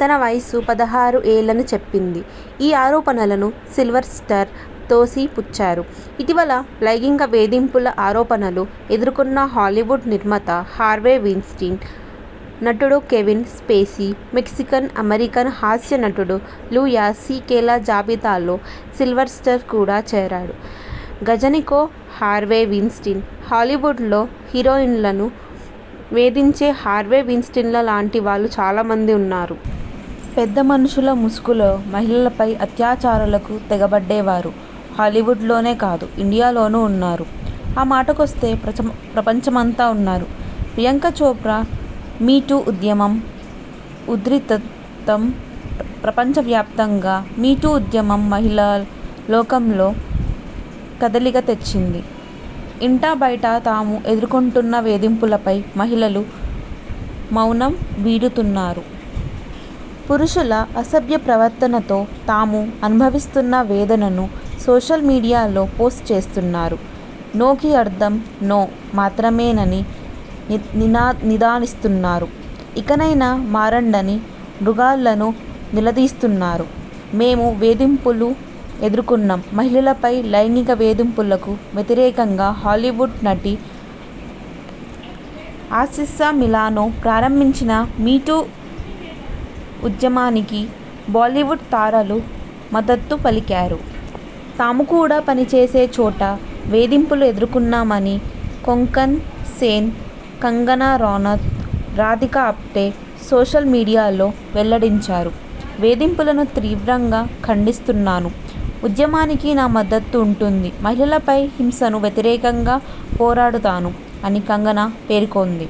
తన వయస్సు పదహారు ఏళ్లని చెప్పింది. ఈ ఆరోపణలను సిల్వర్స్టర్ తోసిపుచ్చారు. ఇటీవల లైంగిక వేధింపుల ఆరోపణలు ఎదుర్కొన్న హాలీవుడ్ నిర్మాత హార్వే వీన్స్టీన్, నటుడు కెవిన్ స్పేసీ, మెక్సికన్ అమెరికన్ హాస్యనటుడు లూయిస్ సీకేల జాబితాలో సిల్వర్స్టర్ కూడా చేరాడు. గజానికో హార్వే వీన్స్టీన్ ''హాలీవుడ్లో హీరోయిన్లను వేధించే హార్వే వీన్స్టీన్లాంటివాళ్లు చాలామంది ఉన్నారు. పెద్దమనుషుల ముసుగులో మహిళలపై అత్యాచారాలకు తెగబడేవారు హాలీవుడ్లోనే కాదు ఇండియాలోనూ ఉన్నారు. ఆ మాటకొస్తే ప్రపంచమంతా ఉన్నారు. ప్రియాంక చోప్రా 'మీ టూ' ఉద్యమం ఉధృతం ప్రపంచవ్యాప్తంగా 'మీ టూ' ఉద్యమం మహిళా లోకంలో కదలిక తెచ్చింది. ఇంటా బయటా తాము ఎదుర్కొంటున్న వేధింపులపై మహిళలు మౌనం వీడుతున్నారు. పురుషుల అసభ్య ప్రవర్తనతో తాము అనుభవిస్తున్న వేదనను సోషల్ మీడియాలో పోస్ట్ చేస్తున్నారు. 'నో'కి అర్థం 'నో' మాత్రమేనని నినదిస్తున్నారు. ఇకనైనా మారండని మృగాళ్లను నిలదీస్తున్నారు. మేమూ వేధింపులు ఎదుర్కొన్నాం మహిళలపై లైంగిక వేధింపులకు వ్యతిరేకంగా హాలీవుడ్ నటి అసిస్సా మిలానో ప్రారంభించిన 'మీ టూ' ఉద్యమానికి బాలీవుడ్ తారలు మద్దతు పలికారు. తాము కూడా పనిచేసే చోట వేధింపులు ఎదర్కొన్నామని కొంకణాసేన్, కంగనా రనౌత్, రాధికా ఆప్టే సోషల్ మీడియాలో వెల్లడించారు. 'వేధింపులను తీవ్రంగా ఖండిస్తున్నాను. ఉద్యమానికి నా మద్దతు ఉంటుంది. మహిళలపై హింసకు వ్యతిరేకంగా పోరాడుతాను' అని కంగనా పేర్కొంది.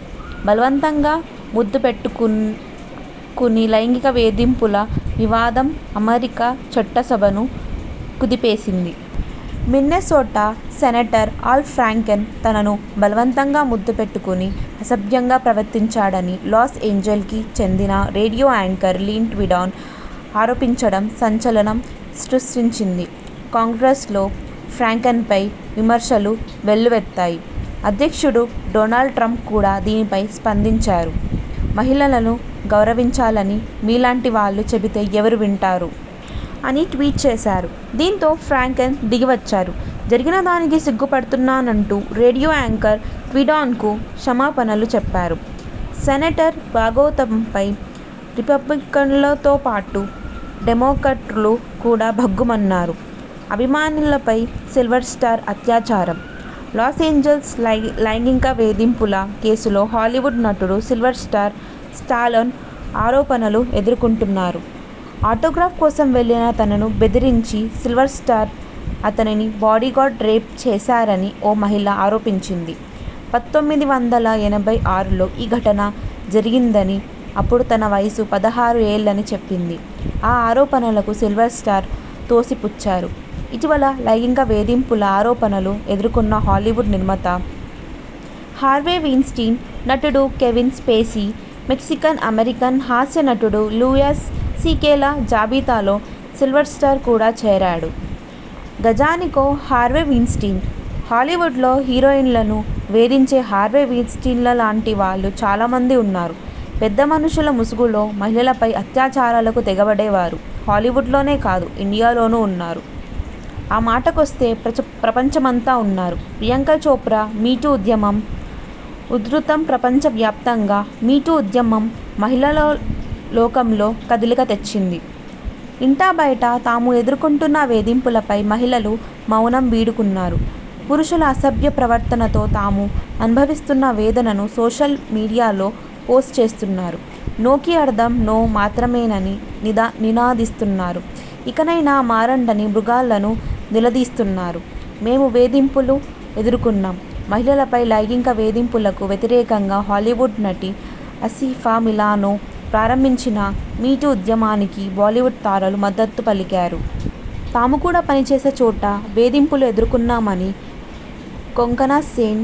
బలవంతంగా ముద్దుపెట్టుకుని లైంగిక వేధింపుల వివాదం అమెరికా చట్టసభను కుదిపేసింది. మిన్నెసోటా సెనేటర్ అల్ ఫ్రాంకెన్ తనను బలవంతంగా ముద్దు పెట్టుకుని, అసభ్యంగా ప్రవర్తించాడని లాస్ఏంజెల్ కి చెందిన రేడియో యాంకర్ లీన్ ట్వీడన్ ఆరోపించడం సంచలనం సృష్టించింది. కాంగ్రెస్ లో ఫ్రాంకెన్పై విమర్శలు వెల్లువెత్తాయి. అధ్యక్షుడు డొనాల్డ్ ట్రంప్ కూడా దీనిపై స్పందించారు. 'మహిళలను గౌరవించాలని మీలాంటివాళ్లు చెబితే ఎవరు వింటారు? ' అని ట్వీట్ చేశారు. దీంతో ఫ్రాంకెన్ దిగివచ్చారు. జరిగిన దానికి సిగ్గుపడుతున్నానంటూ రేడియో యాంకర్ ట్వీడన్కు క్షమాపణలు చెప్పారు. సెనేటర్ బాగోతంపై రిపబ్లికన్లతోబాటు, డెమోక్రాట్లు కూడా భగ్గుమన్నారు. అభిమానిపై సిల్వర్స్టర్ అత్యాచారం! లాస్ఏంజెలిస్ లైంగిక వేధింపుల కేసులో హాలీవుడ్ నటుడు సిల్వర్స్టర్ స్టాలోన్ ఆరోపణలు ఎదుర్కొంటున్నారు. ఆటోగ్రాఫ్ కోసం వెళ్లిన తనను బెదిరించి సిల్వర్స్టర్, అతని బాడీగార్డ్ రేప్ చేశారని ఓ మహిళ ఆరోపించింది. పంతొమ్మిది వందల ఎనభై ఆరులో ఈ ఘటన జరిగిందనీ, అప్పుడు తన వయస్సు పదహారు ఏళ్లని చెప్పింది. ఈ ఆరోపణలను సిల్వర్స్టర్ తోసిపుచ్చారు. ఇటీవల లైంగిక వేధింపుల ఆరోపణలు ఎదుర్కొన్న హాలీవుడ్ నిర్మాత హార్వే వీన్స్టీన్, నటుడు కెవిన్ స్పేసీ, మెక్సికన్ అమెరికన్ హాస్యనటుడు లూయిస్ సీకేల జాబితాలో సిల్వర్స్టర్ కూడా చేరాడు. గజానికో హార్వే వీన్స్టీన్ ''హాలీవుడ్లో హీరోయిన్లను వేధించే హార్వే వీన్స్టీన్లాంటివాళ్లు చాలామంది ఉన్నారు. పెద్దమనుషుల ముసుగులో మహిళలపై అత్యాచారాలకు తెగబడేవారు హాలీవుడ్లోనే కాదు ఇండియాలోనూ ఉన్నారు. ఆమాటకొస్తే ప్రపంచమంతా ఉన్నారు. ''ప్రియాంక చోప్రా'మీ టూ' ఉద్యమం ఉధృతంప్రపంచవ్యాప్తంగా 'మీ టూ' ఉద్యమం మహిళాలోకంలో కదలిక తెచ్చింది. ఇంటా బయటా తాము ఎదుర్కొంటున్న వేధింపులపై మహిళలు మౌనం వీడుతున్నారు. పురుషుల అసభ్య ప్రవర్తనతో తాము అనుభవిస్తున్న వేదనను సోషల్ మీడియాలో పోస్ట్ చేస్తున్నారు. 'నో'కి అర్థం 'నో' మాత్రమేనని నినదిస్తున్నారు. ఇకనైనా మారండని మృగాళ్లను నిలదీస్తున్నారు. మేమూ వేధింపులు ఎదుర్కొన్నాం.. మహిళలపై లైంగిక వేధింపులకు వ్యతిరేకంగా హాలీవుడ్ నటి అసిస్సా మిలానో ప్రారంభించిన 'మీ టూ' ఉద్యమానికి బాలీవుడ్ తారలు మద్దతు పలికారు. తాము కూడా పనిచేసే చోట వేధింపులు ఎదర్కొన్నామని కొంకణాసేన్,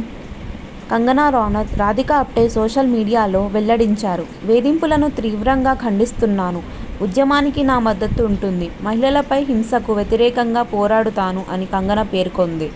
కంగనా రనౌత్, రాధికా ఆప్టే సోషల్ మీడియాలో వెల్లడించారు. 'వేధింపులను తీవ్రంగా ఖండిస్తున్నాను. ఉద్యమానికి నా మద్దతు ఉంటుంది. మహిళలపై హింసకు వ్యతిరేకంగా పోరాడుతాను' అని కంగనా పేర్కొంది.